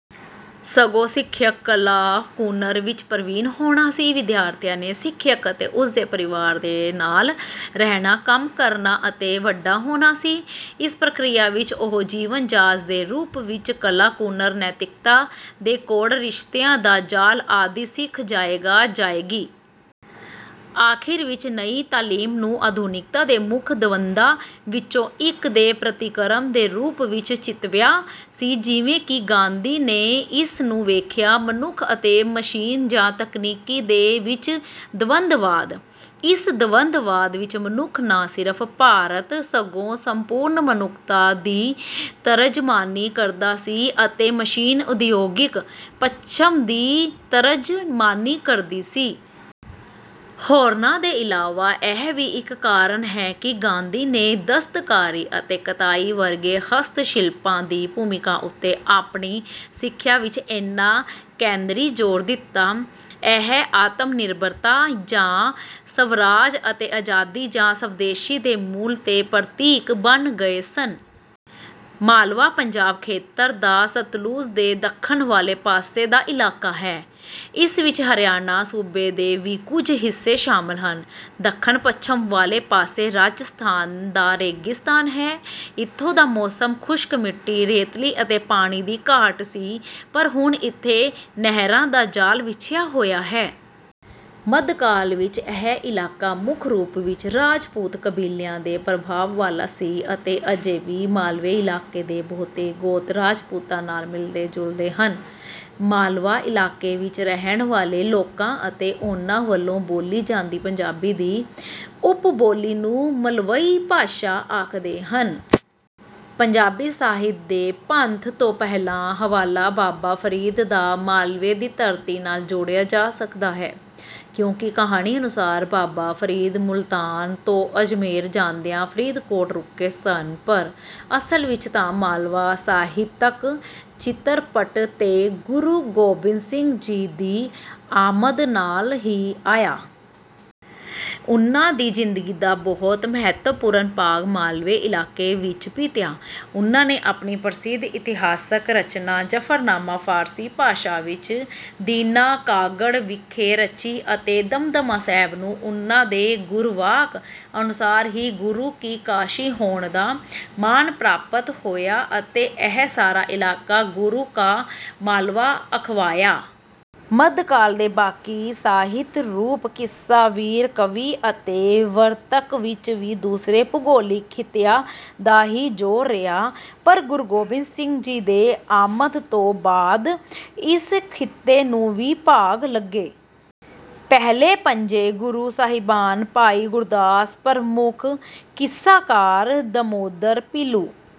ਸਗੋਂ, ਸਿਖਿਅਕ ਕਲਾ ਕੁਨਰ ਵਿੱਚ ਪਰਵੀਨ ਹੋਣਾ ਸੀ। ਵਿਦਿਆਰਥੀ ਨੇ ਸਿਖਿਅਕ ਅਤੇ ਉਸਦੇ ਪਰਵਾਰ ਦੇ ਨਾਲ ਰਹਿਣਾ ਕੰਮ ਕਰਨਾ ਅਤੇ ਵੱਡਾ ਹੋਣਾ ਸੀ। ਇਸ ਪ੍ਰਕਿਰਿਆ ਵਿੱਚ ਉਹ ਜੀਵਨ ਜਾਚ ਦੇ ਰੂਪ ਵਿੱਚ ਕਲਾ ਕੁਨਰ ਨੈਤਿਕਤਾ ਦੇ ਕੋਡ ਰਿਸ਼ਤਿਆਂ ਦਾ ਜਾਲ ਆਦਿ ਸਿੱਖ ਜਾਏਗਾ ਜਾਏਗੀ। ਆਖਿਰ ਵਿੱਚ ਨਈ ਤਾਲੀਮ ਨੂੰ ਆਧੁਨਿਕਤਾ ਦੇ ਮੁੱਖ ਦਵੰਦਾਂ ਵਿੱਚੋਂ ਇੱਕ ਦੇ ਪ੍ਰਤੀਕਰਮ ਦੇ ਰੂਪ ਵਿੱਚ ਚਿਤਵਿਆ ਸੀ ਜਿਵੇਂ ਕਿ ਗਾਂਧੀ ਨੇ ਇਸਨੂੰ ਵੇਖਿਆ ਮਨੁੱਖ ਅਤੇ ਮਸ਼ੀਨ ਜਾਂ ਤਕਨੀਕੀ ਦੇ ਵਿੱਚ ਦਵੰਦਵਾਦ। ਇਸ ਦਵੰਦਵਾਦ ਵਿੱਚ ਮਨੁੱਖ ਨਾ ਸਿਰਫ ਭਾਰਤ ਸਗੋਂ ਸੰਪੂਰਨ ਮਨੁੱਖਤਾ ਦੀ ਤਰਜਮਾਨੀ ਕਰਦਾ ਸੀ ਅਤੇ ਮਸ਼ੀਨ ਉਦਯੋਗਿਕ ਪੱਛਮ ਦੀ ਤਰਜਮਾਨੀ ਕਰਦੀ ਸੀ। ਹੋਰਨਾਂ ਦੇ ਇਲਾਵਾ ਇਹ ਵੀ ਇੱਕ ਕਾਰਨ ਹੈ ਕਿ ਗਾਂਧੀ ਨੇ ਦਸਤਕਾਰੀ ਅਤੇ ਕਤਾਈ ਵਰਗੇ ਹਸਤਸ਼ਿਲਪਾਂ ਦੀ ਭੂਮਿਕਾ ਉੱਤੇ ਆਪਣੀ ਸਿੱਖਿਆ ਵਿੱਚ ਏਨਾ ਕੇਂਦਰੀ ਜ਼ੋਰ ਦਿੱਤਾ। ਇਹ ਆਤਮਨਿਰਭਰਤਾ ਜਾਂ ਸਵਰਾਜ ਅਤੇ ਆਜ਼ਾਦੀ ਜਾਂ ਸਵਦੇਸ਼ੀ ਦੇ ਮੁੱਲ ਦੇ ਪ੍ਰਤੀਕ ਬਣ ਗਏ ਸਨ। ਮਾਲਵਾ ਪੰਜਾਬ ਖੇਤਰ ਦਾ ਸਤਲੁਜ ਦੇ ਦੱਖਣ ਵਾਲੇ ਪਾਸੇ ਦਾ ਇਲਾਕਾ ਹੈ। ਇਸ ਵਿੱਚ ਹਰਿਆਣਾ ਸੂਬੇ ਦੇ ਵੀ ਕੁਝ ਹਿੱਸੇ ਸ਼ਾਮਲ ਹਨ। ਦੱਖਣ ਪੱਛਮ ਵਾਲੇ ਪਾਸੇ ਰਾਜਸਥਾਨ ਦਾ ਰੇਗਿਸਤਾਨ ਹੈ। ਇੱਥੋਂ ਦਾ ਮੌਸਮ ਖੁਸ਼ਕ ਮਿੱਟੀ ਰੇਤਲੀ ਅਤੇ ਪਾਣੀ ਦੀ ਘਾਟ ਸੀ ਪਰ ਹੁਣ ਇੱਥੇ ਨਹਿਰਾਂ ਦਾ ਜਾਲ ਵਿਛਿਆ ਹੋਇਆ ਹੈ। ਮੱਧਕਾਲ ਵਿੱਚ ਇਹ ਇਲਾਕਾ ਮੁੱਖ ਰੂਪ ਵਿੱਚ ਰਾਜਪੂਤ ਕਬੀਲਿਆਂ ਦੇ ਪ੍ਰਭਾਵ ਵਾਲਾ ਸੀ ਅਤੇ ਅਜੇ ਵੀ ਮਾਲਵੇ ਇਲਾਕੇ ਦੇ ਬਹੁਤੇ ਗੋਤ ਰਾਜਪੂਤਾਂ ਨਾਲ ਮਿਲਦੇ ਜੁਲਦੇ ਹਨ। ਮਾਲਵਾ ਇਲਾਕੇ ਵਿੱਚ ਰਹਿਣ ਵਾਲੇ ਲੋਕਾਂ ਅਤੇ ਓਹਨਾਂ ਵੱਲੋਂ ਬੋਲੀ ਜਾਂਦੀ ਪੰਜਾਬੀ ਦੀ ਉਪਬੋਲੀ ਨੂੰ ਮਲਵਈ ਭਾਸ਼ਾ ਆਖਦੇ ਹਨ। ਪੰਜਾਬੀ ਸਾਹਿਤ ਦੇ ਪੱਥ ਤੋਂ ਪਹਿਲਾ ਹਵਾਲਾ ਬਾਬਾ ਫਰੀਦ ਦਾ ਮਾਲਵੇ ਦੀ ਧਰਤੀ ਨਾਲ ਜੋੜਿਆ ਜਾ ਸਕਦਾ ਹੈ। ਕਿਉਂਕਿ ਕਹਾਣੀ ਅਨੁਸਾਰ ਬਾਬਾ ਫਰੀਦ ਮੁਲਤਾਨ ਤੋਂ ਅਜਮੇਰ ਜਾਂਦਿਆਂ ਫਰੀਦਕੋਟ ਰੁਕੇ ਸਨ ਪਰ ਅਸਲ ਵਿੱਚ ਤਾਂ ਮਾਲਵਾ ਸਾਹਿਤਕ ਚਿੱਤਰਪੱਟ ਤੇ ਗੁਰੂ ਗੋਬਿੰਦ ਸਿੰਘ ਜੀ ਦੀ ਆਮਦ ਨਾਲ ਹੀ ਆਇਆ। ਉਨ੍ਹਾਂ ਦੀ ਜ਼ਿੰਦਗੀ ਦਾ ਬਹੁਤ ਮਹੱਤਵਪੂਰਨ ਭਾਗ ਮਾਲਵੇ ਇਲਾਕੇ ਵਿੱਚ ਬੀਤਿਆ। ਉਨ੍ਹਾਂ ਨੇ ਆਪਣੀ ਪ੍ਰਸਿੱਧ ਇਤਿਹਾਸਕ ਰਚਨਾ ਜ਼ਫਰਨਾਮਾ ਫਾਰਸੀ ਭਾਸ਼ਾ ਵਿੱਚ ਦੀਨਾ ਕਾਂਗੜ ਵਿਖੇ ਰਚੀ ਅਤੇ ਦਮਦਮਾ ਸਾਹਿਬ ਨੂੰ ਉਨ੍ਹਾਂ ਦੇ ਗੁਰਵਾਕ ਅਨੁਸਾਰ ਹੀ ਗੁਰੂ ਕੀ ਕਾਸ਼ੀ ਹੋਣ ਦਾ ਮਾਣ ਪ੍ਰਾਪਤ ਹੋਇਆ ਅਤੇ ਇਹ ਸਾਰਾ ਇਲਾਕਾ ਗੁਰੂ ਕਾ ਮਾਲਵਾ ਅਖਵਾਇਆ। ਮੱਧਕਾਲ ਦੇ ਬਾਕੀ ਸਾਹਿਤ ਰੂਪ ਕਿੱਸਾ ਵੀਰ ਕਾਵਿ ਅਤੇ ਵਾਰਤਕ ਵਿੱਚ ਵੀ ਦੂਸਰੇ ਭੂਗੋਲਿਕ ਖਿੱਤਿਆਂ ਦਾ ਹੀ ਜ਼ੋਰ ਰਿਹਾ ਪਰ ਗੁਰੂ ਗੋਬਿੰਦ ਸਿੰਘ ਜੀ ਦੇ ਆਮਦ ਤੋਂ ਬਾਅਦ ਇਸ ਖਿੱਤੇ ਨੂੰ ਵੀ ਭਾਗ ਲੱਗੇ। ਪਹਿਲੇ ਪੰਜੇ ਗੁਰੂ ਸਾਹਿਬਾਨ ਭਾਈ ਗੁਰਦਾਸ ਪ੍ਰਮੁੱਖ ਕਿੱਸਾਕਾਰ ਦਮੋਦਰ ਪੀਲੂ